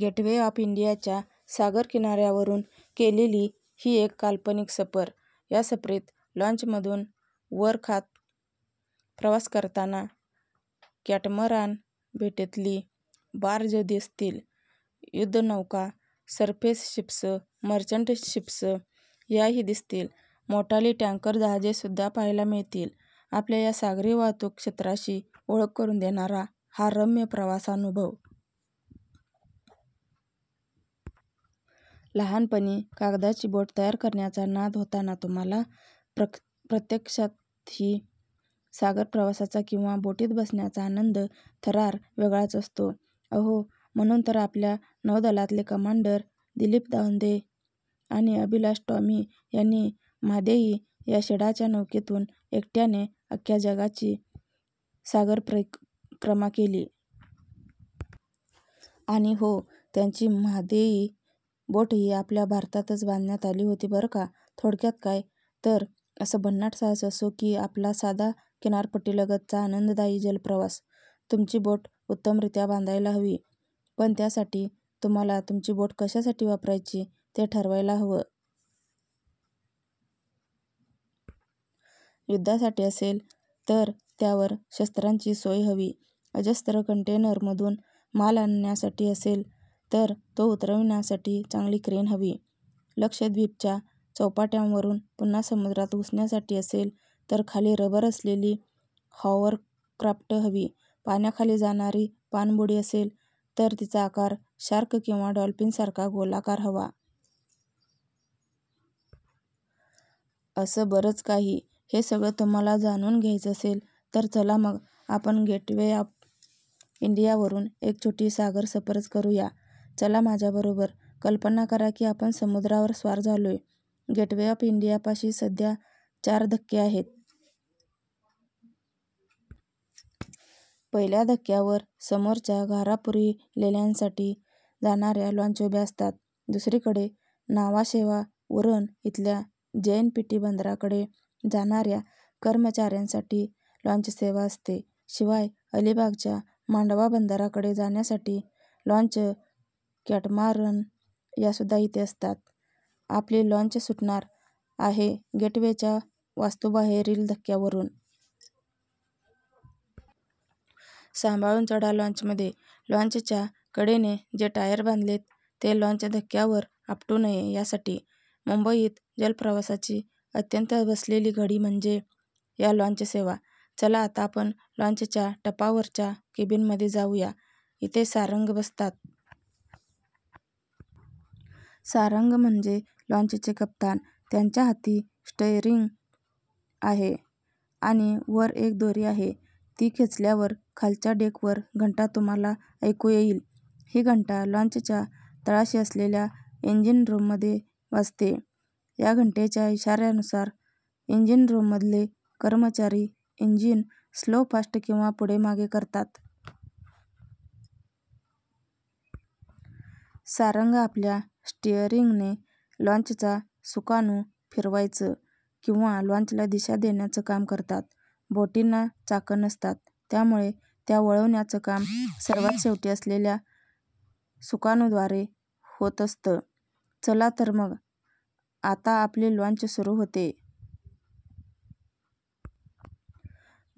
Gateway of इंडियाच्या सागरकिनाऱ्यावरून केलेली ही एक काल्पनिक सफर... या सफरीत लाँचमधून वर खात प्रवास करताना कॅटमरान भेटतील, बार्ज दिसतील, युद्धनौका, सरफेस शिप्स, मर्चंट शिप्स याही दिसतील. मोठाली टँकर जहाजेसुद्धा पाहायला मिळतील... आपल्या या सागरी वाहतूक क्षेत्राशी ओळख करून देणारा हा रम्य प्रवासानुभव! लहानपणी कागदाची बोट तयार करण्याचा नाद होता ना तुम्हाला? प्रत्यक्षातही सागरप्रवासाचा किंवा बोटीत बसण्याचा आनंद, थरार वेगळाच असतो. अहो, म्हणून तर आपल्या नौदलातले कमांडर दिलीप दोंदे आणि अभिलाष टॉमी यांनी म्हादेई या शिडाच्या नौकेतून एकट्याने अख्ख्या जगाची सागरपरिक्रमा केली. आणि हो, त्यांची म्हादेई बोटही आपल्या भारतातच बांधण्यात आली होती, बरं का. थोडक्यात काय, तर असं भन्नाट साहस असो की आपला साधा किनारपट्टीलगतचा आनंददायी जलप्रवास, तुमची बोट उत्तमरीत्या बांधायला हवी. पण त्यासाठी तुम्हाला तुमची बोट कशासाठी वापरायची, ते ठरवायला हवं. युद्धासाठी असेल, तर त्यावर शस्त्रांची सोय हवी, अजस्त्र कंटेनरमधून माल आणण्यासाठी असेल, तर तो उतरविण्यासाठी चांगली क्रेन हवी, लक्षद्वीपच्या चौपाट्यांवरून पुन्हा समुद्रात घुसण्यासाठी असेल, तर खाली रबर असलेली हॉवरक्राफ्ट हवी, पाण्याखाली जाणारी पाणबुडी असेल, तर तिचा आकार शार्क किंवा डॉल्फिनसारखा गोलाकार हवा... असं बरंच काही. हे सगळं तुम्हाला जाणून घ्यायचं असेल, तर चला मग आपण गेटवे ऑफ इंडियावरून एक छोटी सागरसफरच करू या. चला माझ्याबरोबर... कल्पना करा की आपण समुद्रावर स्वार झालोय. गेटवे ऑफ इंडियापाशी सध्या चार धक्के आहेत. पहिल्या धक्क्यावर समोरच्या घारापुरी लेण्यांसाठी जाणाऱ्या लाँच उभ्या असतात, दुसरीकडे न्हावाशेवा-उरण इथल्या जेएनपीटी बंदराकडे जाणाऱ्या कर्मचाऱ्यांसाठी लाँचसेवा असते. शिवाय अलिबागच्या मांडवा बंदराकडे जाण्यासाठी लाँच, कॅटमरान यासुद्धा इथे असतात. आपली लाँच सुटणार आहे गेटवेच्या वास्तूबाहेरील धक्क्यावरून. 'सांभाळून चढा लाँचमध्ये.' लाँचच्या कडेने जे टायर बांधलेत, ते लाँच धक्क्यावर आपटू नये, यासाठी. मुंबईत जलप्रवासाची अत्यंत बसलेली घडी म्हणजे या लाँचसेवा. चला, आता आपण लाँचच्या टपावरच्या केबिनमध्ये जाऊ या. इथे सारंग बसतात. सारंग म्हणजे लाँचचे कप्तान. त्यांच्या हाती स्टिअरिंग आहे आणि वर एक दोरी आहे, ती खेचल्यावर खालच्या डेकवर घंटा तुम्हाला ऐकू येईल. ही घंटा लाँचच्या तळाशी असलेल्या इंजिनरुममध्ये वाजते. या घंटेच्या इशार्यानुसार इंजिनरुममधले कर्मचारी इंजिन स्लो-फास्ट किंवा पुढे-मागे करतात. सारंग आपल्या स्टिअरिंगने लाँचचा सुकाणू फिरवायचं किंवा लाँचला दिशा देण्याचं काम करतात. बोटींना चाकं नसतात, त्यामुळे त्या वळवण्याचं काम सर्वात शेवटी असलेल्या सुकाणूद्वारे होत असतं. चला तर मग आता आपली लाँच सुरू होतेय.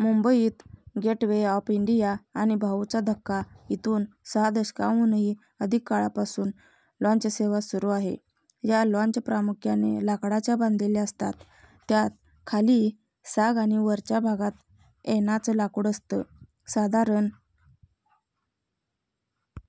मुंबईत गेटवे ऑफ इंडिया आणि भाऊचा धक्का इथून सहा दशकांहूनही अधिक काळापासून लाँचसेवा सुरू आहे. या लाँच प्रामुख्याने लाकडाच्या बांधलेल्या असतात. त्यात खाली साग आणि वरच्या भागात ऐनाचं लाकूड असतं. साधारण